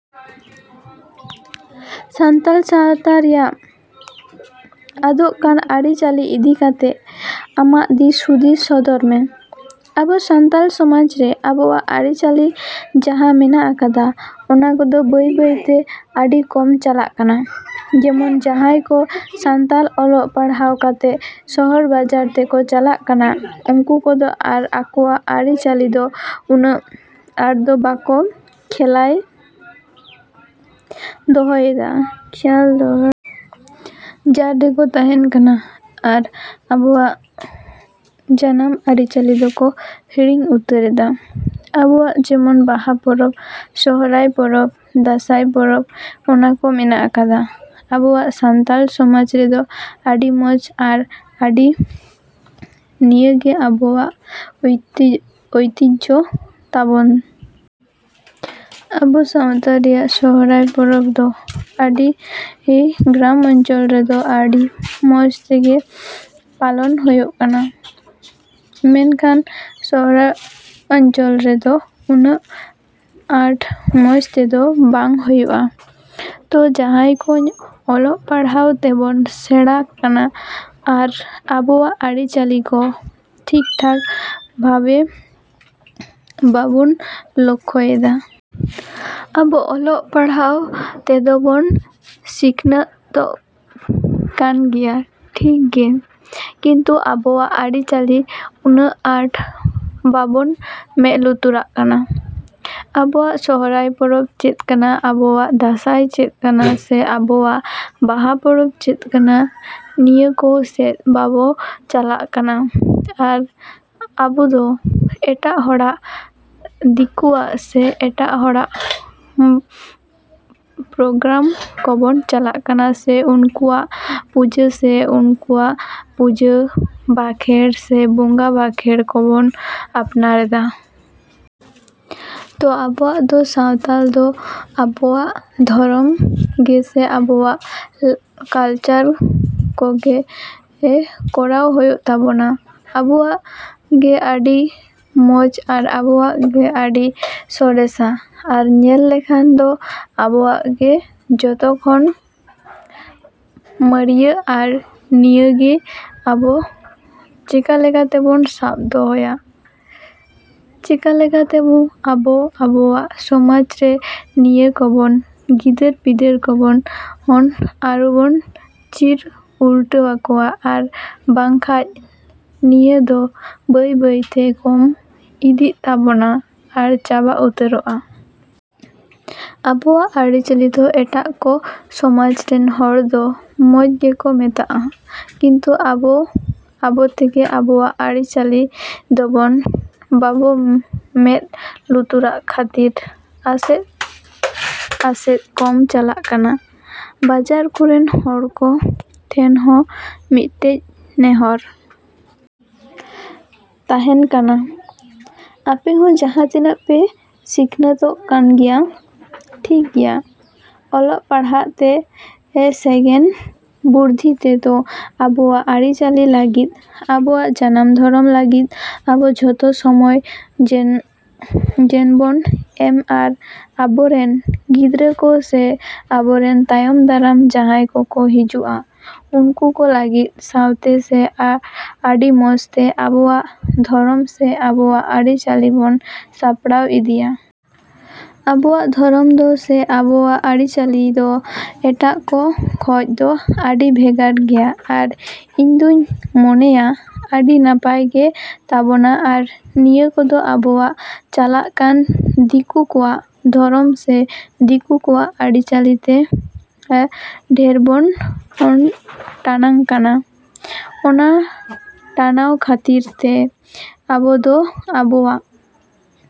ᱥᱟᱱᱛᱟᱞ ᱥᱟᱶᱛᱟ ᱨᱮᱭᱟᱜ ᱟᱫᱚᱜ ᱠᱟᱱ ᱟᱹᱨᱤ ᱪᱟᱹᱞᱤ ᱤᱫᱤ ᱠᱟᱛᱮᱜ ᱟᱢᱟᱜ ᱫᱤᱥ ᱦᱩᱫᱤᱥ ᱥᱚᱫᱚᱨ ᱢᱮ᱾ ᱟᱵᱩ ᱥᱟᱱᱛᱟᱞ ᱥᱚᱢᱟᱡᱽ ᱨᱮ ᱟᱵᱩᱣᱟᱜ ᱟᱹᱨᱤᱪᱟᱹᱞᱤ ᱡᱟᱦᱟᱸ ᱢᱮᱱᱟᱜ ᱟᱠᱟᱫᱟ, ᱚᱱᱟᱠᱚᱫᱚ ᱵᱟᱹᱭ ᱵᱟᱹᱭ ᱛᱮ ᱟᱹᱰᱤ ᱠᱚᱢ ᱪᱟᱞᱟᱜ ᱠᱟᱱᱟ᱾ ᱡᱮᱢᱚᱱ ᱡᱟᱦᱟᱸᱭ ᱠᱚ ᱥᱟᱱᱛᱟᱞ ᱚᱞᱚᱜ ᱯᱟᱲᱦᱟᱜ ᱠᱟᱛᱮᱜ ᱥᱚᱦᱚᱨ ᱵᱟᱡᱟᱨ ᱛᱮᱠᱚ ᱪᱟᱞᱟᱜ ᱠᱟᱱᱟ, ᱩᱱᱠᱩ ᱠᱚᱫᱚ ᱟᱨ ᱟᱠᱩᱣᱟᱜ ᱟᱹᱨᱤ ᱪᱟᱹᱞᱤᱫᱚ ᱩᱱᱟᱹᱜ ᱟᱴᱫᱚ ᱵᱟᱠᱚ ᱠᱷᱮᱭᱟᱞ ᱫᱚᱦᱚᱭᱮᱫᱟ᱾ ᱡᱟᱨ ᱨᱮᱠᱚ ᱛᱟᱦᱮᱸᱱ ᱠᱟᱱᱟ ᱟᱨ ᱟᱠᱩᱣᱟᱜ ᱡᱟᱱᱟᱢ ᱟᱹᱨᱤᱪᱟᱹᱞᱤ ᱫᱚᱠᱚ ᱦᱤᱲᱤᱧ ᱩᱛᱟᱹᱨᱮᱫᱟ᱾ ᱟᱵᱩᱣᱟᱜ ᱡᱮᱢᱚᱱ ᱵᱟᱦᱟ ᱯᱚᱨᱚᱵ, ᱥᱚᱦᱚᱨᱟᱭ ᱯᱚᱨᱚᱵ, ᱫᱟᱸᱥᱟᱭ ᱯᱚᱨᱚᱵ ᱚᱱᱟᱠᱩ ᱢᱮᱱᱟᱜ ᱟᱠᱟᱫᱟ᱾ ᱟᱵᱩᱣᱟᱜ ᱥᱟᱱᱛᱟᱞ ᱥᱚᱢᱟᱡᱽ ᱨᱮᱫᱚ ᱟᱹᱰᱤ ᱢᱚᱪ ᱟᱨ ᱟᱹᱰᱤ ᱱᱤᱭᱟᱹᱜᱤ ᱟᱵᱩᱣᱟᱜ ᱳᱭᱛᱤᱡᱚ ᱛᱟᱵᱩᱱ᱾ ᱟᱵᱩ ᱥᱟᱶᱛᱟ ᱨᱮᱱᱟᱜ ᱥᱚᱦᱚᱨᱟᱭ ᱯᱚᱨᱚᱵ ᱫᱚ ᱟᱹᱰᱤ ᱜᱨᱟᱢ ᱚᱧᱪᱚᱞ ᱨᱮᱫᱚ ᱟᱹᱰᱤ ᱢᱚᱡᱽᱛᱮᱜᱤ ᱯᱟᱞᱚᱱ ᱦᱩᱭᱩᱜᱼᱟ, ᱢᱮᱱᱠᱷᱟᱱ ᱥᱚᱦᱚᱨ ᱚᱧᱪᱚᱞ ᱨᱮᱫᱚ ᱩᱱᱟᱹᱜ ᱟᱴ ᱢᱚᱡᱽᱛᱮᱫᱚ ᱵᱟᱝ ᱦᱩᱭᱩᱜᱼᱟ᱾ ᱛᱚ ᱡᱟᱦᱟᱸᱭ ᱠᱚ ᱚᱞᱚᱜ ᱯᱟᱲᱦᱟᱜ ᱛᱮᱵᱩᱱ ᱥᱮᱬᱟᱜ ᱠᱟᱱᱟ ᱟᱨ ᱟᱵᱩᱣᱟᱜ ᱟᱹᱨᱤᱪᱟᱹᱞᱤᱠᱩ ᱴᱷᱤᱠᱴᱷᱟᱠ ᱵᱷᱟᱵᱮ ᱵᱟᱵᱩᱱ ᱞᱚᱠᱷᱚᱭᱮᱫᱟ᱾ ᱟᱵᱩ ᱚᱞᱚᱜ ᱯᱟᱲᱦᱟᱜ ᱛᱮᱫᱚᱵᱩᱱ ᱥᱤᱠᱷᱱᱟᱹᱛᱚᱜ ᱠᱟᱱᱜᱮᱭᱟ ᱴᱷᱤᱠᱜᱤ, ᱠᱤᱱᱛᱩ ᱟᱵᱩᱣᱟᱜ ᱟᱹᱨᱤᱪᱟᱹᱞᱤ ᱩᱱᱟᱹᱜ ᱟᱴ ᱵᱟᱵᱩᱱ ᱢᱮᱫ ᱞᱩᱛᱩᱨᱟᱜ ᱠᱟᱱᱟ᱾ ᱟᱵᱩᱣᱟᱜ ᱥᱚᱦᱚᱨᱟᱭ ᱯᱚᱨᱚᱵ ᱪᱮᱫ ᱠᱟᱱᱟ, ᱟᱵᱩᱣᱟᱜ ᱫᱟᱸᱥᱟᱭ ᱪᱮᱫ ᱠᱟᱱᱟ ᱥᱮ ᱟᱵᱩᱣᱟᱜ ᱵᱟᱦᱟ ᱯᱚᱨᱚᱵ ᱪᱮᱫ ᱠᱟᱱᱟ, ᱱᱤᱭᱟᱹ ᱠᱩ ᱥᱮᱫ ᱵᱟᱵᱩ ᱪᱟᱞᱟᱜ ᱠᱟᱱᱟ ᱟᱨ ᱟᱵᱩᱫᱚ ᱮᱴᱟᱜ ᱦᱚᱲᱟᱜ ᱫᱤᱠᱩᱣᱟᱜ ᱥᱮ ᱮᱴᱟᱜ ᱦᱚᱲᱟᱜ ᱯᱨᱚᱜᱨᱟᱢ ᱠᱚᱵᱩᱱ ᱪᱟᱞᱟᱜ ᱠᱟᱱᱟ ᱥᱮ ᱩᱱᱠᱩ ᱠᱚᱣᱟᱜ ᱯᱩᱡᱟᱹ ᱥᱮ ᱩᱱᱠᱩ ᱠᱩᱣᱟᱜ ᱯᱩᱡᱟᱹ ᱵᱟᱸᱠᱷᱮᱲ ᱥᱮ ᱵᱚᱸᱜᱟ ᱵᱟᱠᱷᱮᱲ ᱠᱚᱵᱚᱱ ᱟᱯᱱᱟᱨᱮᱫᱟ᱾ ᱛᱚ ᱟᱵᱩᱣᱟᱜ ᱫᱚ ᱥᱟᱶᱛᱟᱞᱟᱜ ᱫᱚ ᱟᱵᱩᱣᱟᱜ ᱫᱷᱚᱨᱚᱢ ᱜᱤ ᱥᱮ ᱟᱵᱩᱣᱟᱜ ᱠᱟᱞᱪᱟᱨ ᱠᱚᱜᱤ ᱠᱚᱨᱟᱣ ᱦᱩᱭᱩᱜ ᱛᱟᱵᱩᱱᱟ᱾ ᱟᱵᱩᱣᱟᱜ ᱜᱤ ᱟᱹᱰᱤ ᱢᱚᱪ ᱟᱨ ᱟᱵᱩᱣᱟᱜ ᱜᱤ ᱟᱹᱰᱤ ᱥᱚᱨᱮᱥᱟ ᱟᱨ ᱧᱮᱞ ᱞᱮᱠᱷᱟᱡ ᱫᱚ ᱟᱵᱩᱣᱟᱜ ᱜᱤ ᱡᱚᱛᱚᱠᱷᱚᱱ ᱢᱟᱨᱤᱭᱟ ᱟᱨ ᱱᱤᱭᱟᱹᱜᱤ ᱟᱵᱩ ᱪᱮᱠᱟ ᱞᱮᱠᱟᱛᱮᱵᱩᱱ ᱥᱟᱵ ᱫᱚᱦᱚᱭᱟ, ᱪᱮᱠᱟᱞᱮᱠᱟᱛᱮ ᱟᱵᱩ ᱟᱵᱩᱣᱟᱜ ᱥᱚᱢᱟᱡᱽ ᱨᱮ ᱱᱤᱭᱟᱹ ᱠᱩᱵᱩᱱ ᱜᱤᱫᱟᱹᱨ ᱯᱤᱫᱟᱹᱨ ᱠᱩᱵᱩᱱ ᱟᱨᱚᱵᱩᱱ ᱪᱤᱫ ᱩᱴᱩᱣᱟᱠᱩᱣᱟ ᱟᱨ ᱵᱟᱝᱠᱷᱟᱡ ᱱᱤᱭᱟᱹ ᱫᱚ ᱵᱟᱹᱭᱼᱵᱟᱹᱭᱛᱮ ᱠᱚᱢ ᱤᱫᱤᱜ ᱛᱟᱵᱩᱱᱟ ᱟᱨ ᱪᱟᱵᱟ ᱩᱛᱟᱹᱨᱚᱜᱼᱟ᱾ ᱟᱵᱩᱣᱟᱜ ᱟᱹᱨᱤᱪᱟᱹᱞᱤ ᱫᱚ ᱮᱴᱟᱜ ᱠᱩ ᱥᱚᱢᱟᱡᱽ ᱨᱮᱱ ᱦᱚᱲ ᱫᱚ ᱢᱚᱪ ᱜᱮᱠᱩ ᱢᱮᱛᱟᱜᱼᱟ, ᱠᱤᱱᱛᱩ ᱟᱵᱩ ᱟᱵᱩᱛᱮᱜᱤ ᱟᱵᱩᱣᱟᱜ ᱟᱹᱨᱤ ᱪᱟᱹᱞᱤᱫᱚᱵᱩᱱ ᱵᱟᱹᱵᱩ ᱢᱮᱫ ᱞᱩᱛᱩᱨᱟᱜ ᱠᱷᱟᱹᱛᱤᱨ ᱟᱥᱛᱮᱼᱟᱥᱛᱮ ᱠᱚᱢ ᱪᱟᱞᱟᱜ ᱠᱟᱱᱟ᱾ ᱵᱟᱡᱟᱨ ᱠᱚᱨᱮᱱ ᱦᱚᱲᱠᱩ ᱴᱷᱮᱱ ᱦᱚᱸ ᱢᱤᱫᱴᱮᱡ ᱱᱮᱦᱚᱨ ᱛᱟᱦᱮᱸᱱ ᱠᱷᱟᱱᱟ, ᱟᱯᱮᱦᱚᱸ ᱡᱟᱦᱟᱸ ᱛᱤᱱᱟᱹᱜ ᱯᱮ ᱥᱤᱠᱷᱱᱟᱹᱛᱚᱜ ᱠᱟᱱᱜᱮᱭᱟ ᱴᱷᱤᱠᱜᱮᱭᱟ ᱚᱞᱚᱜ ᱯᱟᱲᱟᱦᱟᱜ ᱛᱮ ᱥᱮᱜᱮᱱ ᱵᱩᱨᱫᱷᱤᱛᱮ ᱛᱚ ᱟᱵᱩᱣᱟᱜ ᱟᱹᱨᱤᱪᱟᱹᱞᱤ ᱞᱟᱹᱜᱤᱫ, ᱟᱵᱩᱣᱟᱜ ᱡᱟᱱᱟᱢ ᱫᱷᱚᱨᱚᱢ ᱞᱟᱹᱜᱤᱫ ᱟᱵᱩ ᱡᱚᱛᱚ ᱥᱚᱢᱚᱭ ᱡᱮᱱᱚᱵᱩᱱ ᱮᱢ ᱟᱨ ᱟᱵᱩᱨᱮᱱ ᱜᱤᱫᱽᱨᱟᱹᱠᱩ ᱥᱮ ᱟᱵᱩᱨᱮᱱ ᱛᱟᱭᱚᱢ ᱫᱟᱨᱟᱢ ᱡᱟᱦᱟᱸᱭ ᱠᱩᱠᱩ ᱦᱤᱡᱩᱜᱼᱟ ᱩᱱᱠᱩ ᱠᱩ ᱞᱟᱹᱜᱤᱫ ᱱᱟᱣᱟᱛᱮ ᱥᱮ ᱟᱹᱰᱤ ᱢᱚᱡᱽᱛᱮ ᱟᱵᱩᱣᱟᱜ ᱫᱷᱚᱨᱚᱢ ᱥᱮ ᱟᱵᱩᱣᱟᱜ ᱟᱹᱨᱤᱪᱟᱹᱞᱤ ᱵᱩᱱ ᱥᱟᱯᱲᱟᱣ ᱤᱫᱤᱭᱟ᱾ ᱟᱵᱩᱣᱟᱜ ᱫᱷᱚᱨᱚᱢ ᱫᱚ ᱥᱮ ᱟᱵᱩᱣᱟᱜ ᱟᱹᱨᱤᱪᱟᱹᱞᱤᱫᱚ ᱮᱴᱟᱜ ᱠᱩ ᱠᱷᱚᱡ ᱫᱚ ᱟᱹᱰᱤ ᱵᱷᱮᱜᱟᱨ ᱜᱮᱭᱟ ᱟᱨ ᱤᱧᱫᱚᱧ ᱢᱚᱱᱮᱭᱟ ᱟᱹᱰᱤ ᱱᱟᱯᱟᱭ ᱜᱮ ᱛᱟᱵᱚᱱᱟ ᱟᱨ ᱱᱤᱭᱟᱹ ᱠᱚᱫᱚ ᱟᱵᱩᱣᱟᱜ ᱪᱟᱞᱟᱜ ᱠᱟᱱ ᱫᱤᱠᱩ ᱠᱚᱣᱟᱜ ᱫᱷᱚᱨᱚᱢ ᱥᱮ ᱫᱤᱠᱩ ᱠᱚᱣᱟᱜ ᱟᱹᱨᱤᱪᱟᱹᱞᱤᱛᱮ ᱰᱷᱤᱨᱵᱩᱱ ᱴᱟᱱᱟᱜ ᱠᱟᱱᱟ᱾ ᱚᱱᱟ ᱴᱟᱱᱟᱣ ᱠᱷᱟᱹᱛᱤᱨ ᱛᱮ ᱟᱵᱩᱫᱚ ᱟᱵᱩᱣᱟᱜ᱾